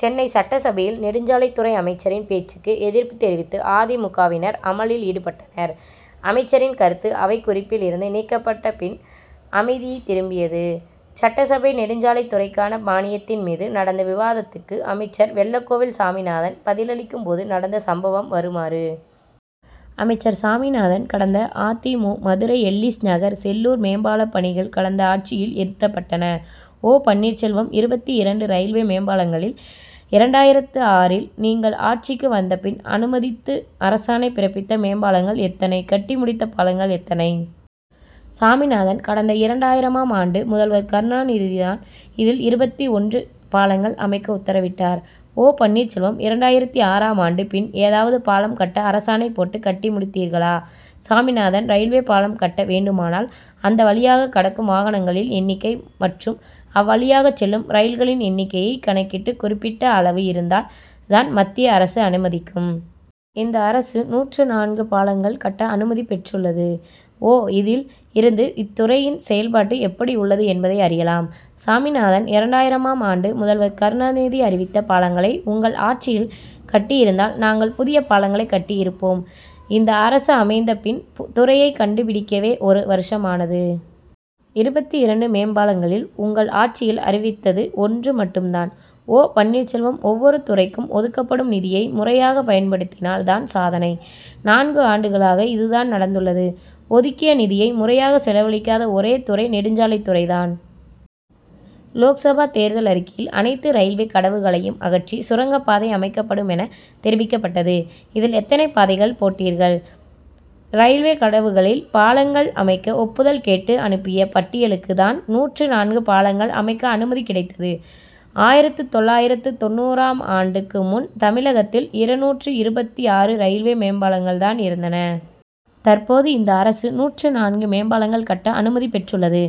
சென்னை சட்டசபையில் நெடுஞ்சாலைத் துறை அமைச்சரின் பேச்சுக்கு எதிர்ப்பு தெரிவித்து அ. தி. மு. க.வினர் அமளியில் ஈடுபட்டனர். அமைச்சரின் கருத்து அவைக் குறிப்பில் இருந்து நீக்கப்பட்ட பின் அமைதி திரும்பியது. சட்டசபையில் நெடுஞ்சாலைத் துறைக்கான மானியத்தின் மீது நடந்த விவாதத்துக்கு அமைச்சர் வெள்ளக்கோவில் சாமிநாதன் பதிலளிக்கும் போது நடந்த சம்பவம் வருமாறு. அமைச்சர் சாமிநாதன் கடந்த அ. தி. மு. மதுரை எல்லீஸ் நகர் செல்லூர் மேம்பாலப் பணிகள் கடந்த ஆட்சியில் நிறுத்தப்பட்டன. ஓ. பன்னீர்செல்வம் இருபத்தி இரண்டு ரயில்வே மேம்பாலங்களில் இரண்டாயிரத்து ஆறில் நீங்கள் ஆட்சிக்கு வந்த பின் அனுமதித்து அரசாணை பிறப்பித்த மேம்பாலங்கள் எத்தனை? கட்டி முடித்த பாலங்கள் எத்தனை? சாமிநாதன் கடந்த இரண்டாயிரமாம் ஆண்டு முதல்வர் கருணாநிதி தான் இதில் இருபத்தி ஒன்று பாலங்கள் அமைக்க உத்தரவிட்டார். ஓ. பன்னீர்செல்வம் இரண்டாயிரத்து ஆறாம் ஆண்டுக்கு பின் ஏதாவது பாலம் கட்ட அரசாணை போட்டு கட்டி முடித்தீர்களா? சாமிநாதன் ரயில்வே பாலம் கட்ட வேண்டுமானால் அந்த வழியாக கடக்கும் வாகனங்களில் எண்ணிக்கை மற்றும் அவ்வழியாக செல்லும் ரயில்களின் எண்ணிக்கையை கணக்கிட்டு குறிப்பிட்ட அளவு இருந்தால் தான் மத்திய அரசு அனுமதிக்கும். இந்த அரசு நூற்று நான்கு பாலங்கள் கட்ட அனுமதி பெற்றுள்ளது. ஓ. இதில் இருந்து இத்துறையின் செயல்பாடு எப்படி உள்ளது என்பதை அறியலாம். சாமிநாதன் இரண்டாயிரமாம் ஆண்டு முதல்வர் கருணாநிதி அறிவித்த பாலங்களை உங்கள் ஆட்சியில் கட்டியிருந்தால் நாங்கள் புதிய பாலங்களை கட்டி இருப்போம். இந்த அரசு அமைந்த பின் துறையை கண்டுபிடிக்கவே ஒரு வருஷம் ஆனது. இருபத்தி இரண்டு மேம்பாலங்களில் உங்கள் ஆட்சியில் அறிவித்தது ஒன்று மட்டும் தான். ஓ. பன்னீர்செல்வம் ஒவ்வொரு துறைக்கும் ஒதுக்கப்படும் நிதியை முறையாக பயன்படுத்தினால் தான் சாதனை. நான்கு ஆண்டுகளாக இது தான் நடந்துள்ளது. ஒதுக்கிய நிதியை முறையாக செலவழிக்காத ஒரே துறை நெடுஞ்சாலைத் துறை தான். லோக்சபா தேர்தல் அறிக்கையில் அனைத்து ரயில்வே கடவுகளையும் அகற்றி சுரங்கப்பாதை அமைக்கப்படுமென தெரிவிக்கப்பட்டது. இதில் எத்தனை பாதைகள் போட்டீர்கள். ரயில்வே கடவுகளில் பாலங்கள் அமைக்க ஒப்புதல் கேட்டு அனுப்பிய பட்டியலுக்கு தான் நூற்று நான்கு பாலங்கள் அமைக்க அனுமதி கிடைத்தது. ஆயிரத்து தொள்ளாயிரத்து தொண்ணூறாம் ஆண்டுக்கு முன் தமிழகத்தில் இருநூற்று இருபத்தி ஆறு ரயில்வே மேம்பாலங்கள் தான் இருந்தன. தற்போது இந்த அரசு நூற்று நான்கு மேம்பாலங்கள் கட்ட அனுமதி பெற்றுள்ளது.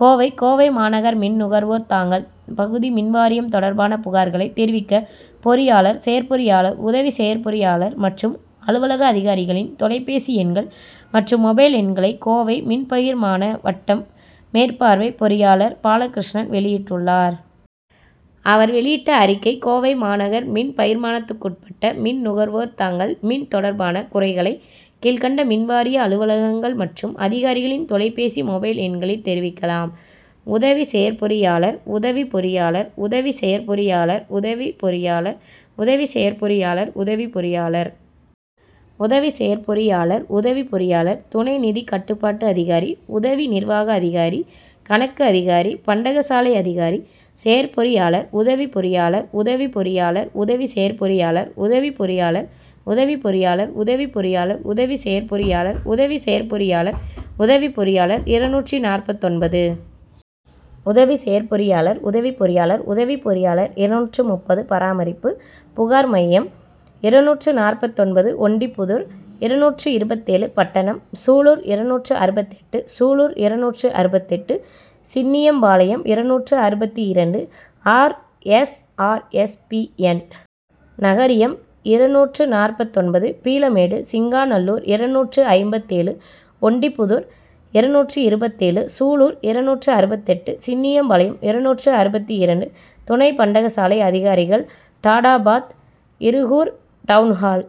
கோவை கோவை மாநகர் மின் நுகர்வோர் தாங்கள் பகுதி மின்வாரியம் தொடர்பான புகார்களை தெரிவிக்க பொறியாளர் செயற்பொறியாளர் உதவி செயற்பொறியாளர் மற்றும் அலுவலக அதிகாரிகளின் தொலைபேசி எண்கள் மற்றும் மொபைல் எண்களை கோவை மின்பகிர்மான வட்டம் மேற்பார்வை பொறியாளர் பாலகிருஷ்ணன் வெளியிட்டுள்ளார். அவர் வெளியிட்ட அறிக்கை கோவை மாநகர் மின் பகிர்மானத்துக்குட்பட்ட மின் நுகர்வோர் தங்கள் மின் தொடர்பான குறைகளை கீழ்கண்ட மின்வாரிய அலுவலகங்கள் மற்றும் அதிகாரிகளின் தொலைபேசி மொபைல் எண்களில் தெரிவிக்கலாம். உதவி செயற்பொறியாளர். உதவி பொறியாளர். உதவி செயற்பொறியாளர். உதவி பொறியாளர். உதவி செயற்பொறியாளர். உதவி பொறியாளர். உதவி செயற்பொறியாளர். உதவி பொறியாளர். துணை நிதி கட்டுப்பாட்டு அதிகாரி. உதவி நிர்வாக அதிகாரி. கணக்கு அதிகாரி. பண்டகசாலை அதிகாரி. செயற்பொறியாளர். உதவி பொறியாளர். உதவி பொறியாளர். உதவி செயற்பொறியாளர். உதவி பொறியாளர். உதவி பொறியாளர். உதவி பொறியாளர். உதவி செயற்பொறியாளர். உதவி செயற்பொறியாளர். உதவி பொறியாளர் இருநூற்று நாற்பத்தொன்பது. உதவி செயற்பொறியாளர். உதவி பொறியாளர். உதவி பொறியாளர் இருநூற்று முப்பது. பராமரிப்பு. புகார் மையம் இருநூற்று நாற்பத்தொன்பது. ஒண்டிப்புதூர் இருநூற்று இருபத்தேழு. பட்டணம். சூலூர் இருநூற்று அறுபத்தெட்டு. சூலூர் இருநூற்று அறுபத்தெட்டு. சின்னியம்பாளையம் இருநூற்று அறுபத்தி இரண்டு. R. S. R. S. P. N. நகரியம் இருநூற்று நாற்பத்தொன்பது. பீளமேடு. சிங்காநல்லூர் இருநூற்று ஐம்பத்தேழு. ஒண்டிப்புதூர் இருநூற்று இருபத்தேழு. சூலூர் இருநூற்று அறுபத்தெட்டு. சின்னியம்பாளையம் இருநூற்று அறுபத்தி இரண்டு. துணை பண்டக சாலை அதிகாரிகள் டாடாபாத். இருகூர். டவுன்ஹால்.